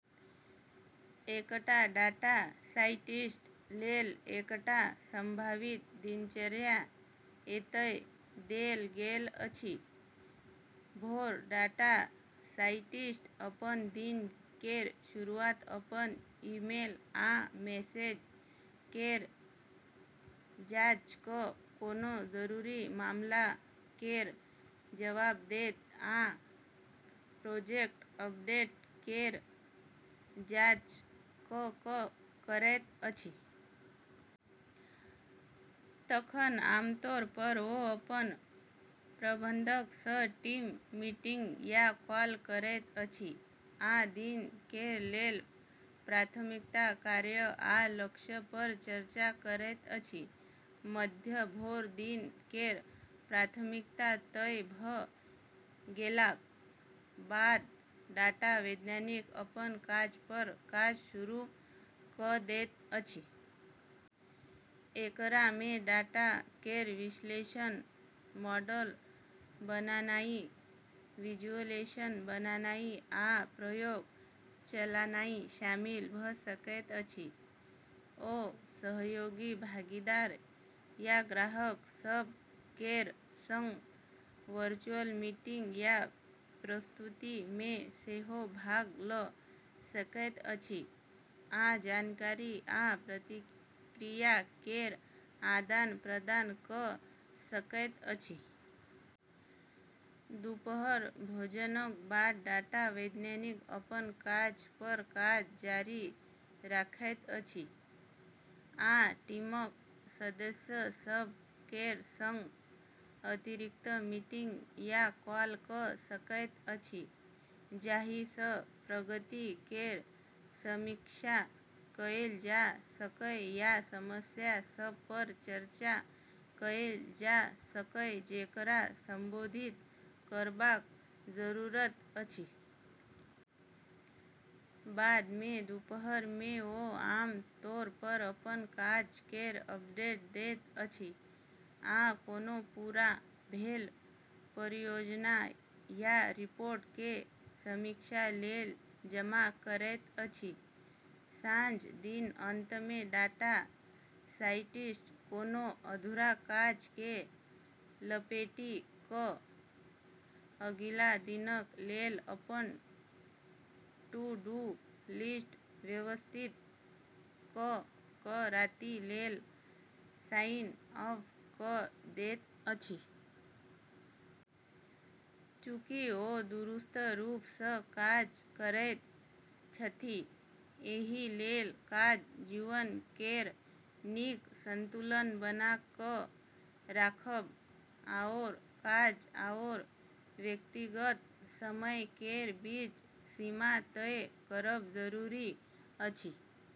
एकटा data scientist लेल एकटा सम्भावित दिनचर्या एतय देल गेल अछि: भोर: डाटा साइंटिस्ट अपन दिन केर शुरुआत अपन ईमेल आ मैसेज केर जांच कऽ, कोनो जरूरी मामला केर जवाब दैत आ प्रोजेक्ट अपडेट केर जांच कऽ कऽ करैत अछि। तखन, आमतौर पर ओ अपन प्रबंधक सँ टीम मीटिंग या कॉल करैत अछि आ दिन केर लेल प्राथमिकता, कार्य आ लक्ष्य पर चर्चा करैत अछि। मध्य भोर: दिन केर प्राथमिकता तय भऽ गेलाक बाद डाटा वैज्ञानिक अपन काज पर काज शुरू कऽ दैत अछि। एकरा मे डाटा केर विश्लेषण, मॉडल बनानाइ, विजुअलाइजेशन बनानाइ, आ प्रयोग चलानाइ शामिल भऽ सकैत अछि। ओ सहयोगी, भागीदार या ग्राहक सभ केर संग वर्चुअल मीटिंग या प्रस्तुति मे सेहो भाग लऽ सकैत अछि आ जानकारी आ प्रतिक्रिया केर आदान-प्रदान कऽ सकैत अछि। दुपहर: भोजनक बाद डाटा वैज्ञानिक अपन काज पर काज जारी राखैत अछि, आ टीमक सदस्य सभ केर संग अतिरिक्त मीटिंग या कॉल कऽ सकैत अछि जाहि सँ प्रगति केर समीक्षा कएल जा सकय या समस्या सभ पर चर्चा कएल जा सकय जेकरा संबोधित करबाक जरूरत अछि। बाद मे दुपहर मे ओ आम तौर पर अपन काज केर अपडेट दैत अछि आ कोनो पूरा भेल परियोजना या रिपोर्ट केँ समीक्षा लेल जमा करैत अछि। साँझ: दिनक अंत मे डाटा साइंटिस्ट कोनो अधूरा काज केँ लपेटि कऽ अगिला दिनक लेल अपन टू-डू लिस्ट व्यवस्थित कऽ कऽ राति लेल साइन ऑफ कऽ दैत अछि। चूँकि ओ दूरस्थ रूप सँ काज करैत छथि, एहि लेल काज-जीवन केर नीक संतुलन बना कऽ राखब आओर काज आओर व्यक्तिगत समय केर बीच सीमा तय करब जरूरी अछि।